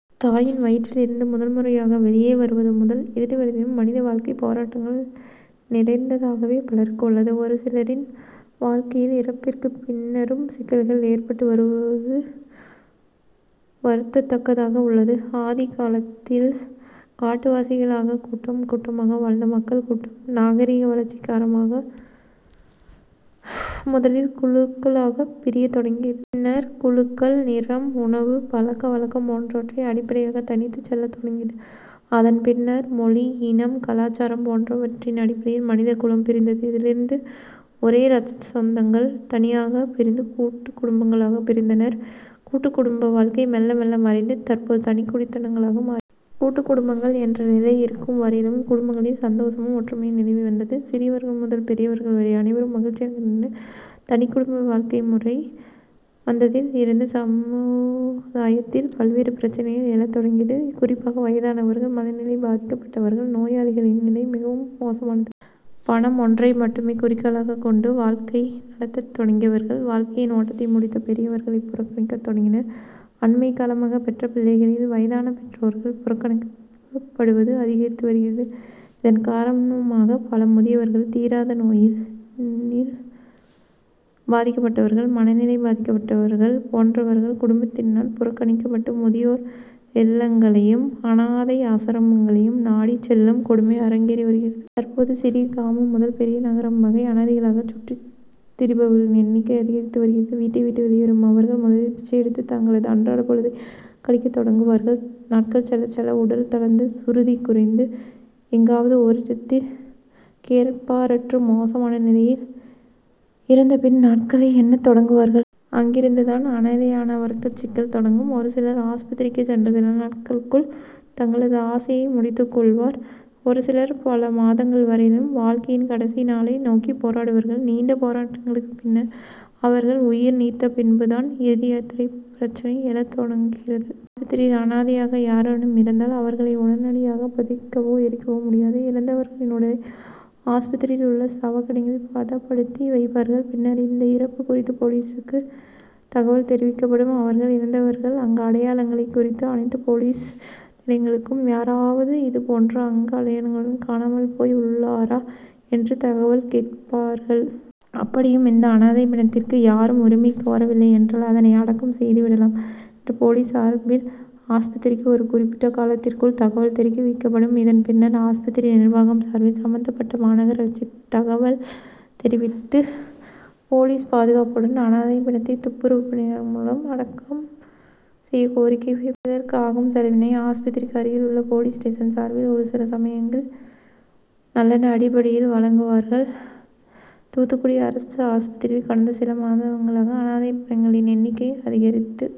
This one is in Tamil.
தாயின் வயிற்றில் இருந்து முதல்முறையாக வெளியே வருவது முதல் இறுதிவரையிலும் மனித வாழ்க்கை போராட்டங்கள் நிறைந்ததாகவே பலருக்கு உள்ளது. ஒரு சிலரின் வாழ்க்கையில் இறப்பிற்கு பின்னரும் சிக்கல்கள் ஏற்பட்டு வருவது வருந்ததக்கதாக உள்ளது. ஆதிகாலத்தில் காட்டுவாசிகளாக கூட்டம் கூட்டமாக வாழ்ந்த மக்கள் கூட்டம் நாகரிக வளர்ச்சி காரணமாக முதலில் குழுக்களாக பிரியத் தொடங்கியது. பின்னர் குழுக்கள் நிறம், உணவு, பழக்க வழக்கம் போன்றவற்றை அடிப்படையாக தனித்து செல்லத் தொடங்கியது. அதன்பின்னர் மொழி, இனம், கலாச்சாரம் போன்றவற்றின் அடிப்படையில் மனிதகுலம் பிரிந்தது. இதிலிருந்து ஒரே ரத்தசொந்தங்கள் தனியாக பிரிந்து கூட்டு குடும்பங்களாக பிரிந்தனர். கூட்டு குடும்ப வாழ்க்கை மெல்ல மெல்ல மறைந்து தற்போது தனி குடித்தனங்களாக மாறியுள்ளது. கூட்டு குடும்பங்கள் என்ற நிலை இருக்கும் வரையிலும் குடும்பங்களில் சந்தோஷமும், ஒற்றுமையும் நிலவி வந்தது. சிறியவர்கள் முதல் பெரியவர்கள் வரை அனைவரும் மகிழ்ச்சியாக இருந்தனர். தனி குடும்ப வாழ்க்கை முறை வந்ததில் இருந்து சமுதாயத்தில் பல்வேறு பிரச்னைகள் எழத்தொடங்கியது. குறிப்பாக வயதானவர்கள், மனநிலை பாதிக்கப்பட்டவர்கள், நோயாளிகளின் நிலை மிகவும் மோசமானது. பணம் ஒன்றை மட்டுமே குறிக்கோளாக கொண்டு வாழ்க்கை நடத்த தொடங்கியவர்கள், வாழ்க்கையின் ஓட்டத்தை முடித்த பெரியவர்களை புறக்கணிக்க தொடங்கினர். அண்மை காலமாக பெற்ற பிள்ளைகளால் வயதான பெற்றோர்கள் புறக்கணிக்கப்படுவது அதிகரித்து வருகிறது. இதன் காரணமாக பல முதியவர்கள், தீராத நோயினால் பாதிக்கப்பட்டவர்கள், மனநிலை பாதிக்கப்பட்டவர்கள் போன்றவர்கள் குடும்பத்தினரால் புறக்கணிக்கப்பட்டு முதியோர் இல்லங்களையும், அனாதை ஆசிரமங்களையும் நாடி செல்லும் கொடுமை அரங்கேறி வருகிறது. தற்போது சிறிய கிராமம் முதல் பெரிய நகரம் வரை அனாதைகளாக சுற்றி திரிபவர்களின் எண்ணிக்கை அதிகரித்து வருகிறது. வீட்டை விட்டு வெளியேறும் அவர்கள் முதலில் பிச்சை எடுத்து தங்களது அன்றாட பொழுதை கழிக்க தொடங்குவார்கள். நாட்கள் செல்ல செல்ல உடல் தளர்ந்து, சுருதி குறைந்து எங்காவது ஓரிடத்தில் கேட்பாரற்று மோசமான நிலையில் இறப்பின் நாட்களை எண்ண தொடங்குவார்கள். அங்கிருந்து தான் அனாதையானவருக்கு சிக்கல் தொடங்கும். ஒருசிலர் ஆஸ்பத்திரிக்கு சென்ற சில நாட்களுக்குள் தங்களது ஆயுசை முடித்து கொள்வர். ஒரு சிலர் பல மாதங்கள் வரையிலும் வாழ்க்கையின் கடைசி நாளை நோக்கி போராடுவார்கள். நீண்ட போராட்டங்களுக்கு பின்னர் அவர்கள் உயிர் நீத்த பின்பு தான் இறுதியாத்திரை பிரச்னை எழத் தொடங்குகிறது. ஆஸ்பத்திரியில் அனாதையாக யாரேனும் இறந்தால் அவர்களை உடனடியாக புதைக்கவோ, எரிக்கவோ முடியாது. இறந்தவர்களின் உடலை ஆஸ்பத்திரியில் உள்ள சவக்கிடங்கில் பதப்படுத்தி வைப்பார்கள். பின்னர் இந்த இறப்பு குறித்து போலீசுக்கு தகவல் தெரிவிக்கப்படும். அவர்கள் இறந்தவர்களின் அங்க அடையாளங்கள் குறித்து அனைத்து போலீஸ் நிலையங்களுக்கும் யாராவது இதுபோன்ற அங்க அடையாளங்களுடன் காணாமல் போய் உள்ளனரா என்று தகவல் கேட்பார்கள். அப்படியும் இந்த அனாதை பிணத்திற்கு யாரும் உரிமை கோரவில்லை என்றால் அதனை அடக்கம் செய்துவிடலாம் என்று போலீஸ் சார்பில் ஆஸ்பத்திரிக்கு ஒரு குறிப்பிட்ட காலத்திற்குள் தகவல் தெரிவிக்கப்படும். இதன் பின்னர் ஆஸ்பத்திரி நிர்வாகம் சார்பில் சம்பந்தப்பட்ட மாநகராட்சிக்கு தகவல் தெரிவித்து போலீஸ் பாதுகாப்புடன் அனாதை பிணத்தை துப்புரவு பணியாளர்கள் மூலம் அடக்கம் செய்ய கோரிக்கை வைப்பார்கள். இதற்கு ஆகும் செலவினை ஆஸ்பத்திரிக்கு அருகில் உள்ள போலீஸ் ஸ்டேசன் சார்பில் ஒருசில சமயங்களில் நல்லெண்ண அடிப்படையில் வழங்குவார்கள். தூத்துக்குடி அரசு ஆஸ்பத்திரியில் கடந்த சில மாதங்களாக அனாதை பிணங்களின் எண்ணிக்கை அதிகரித்து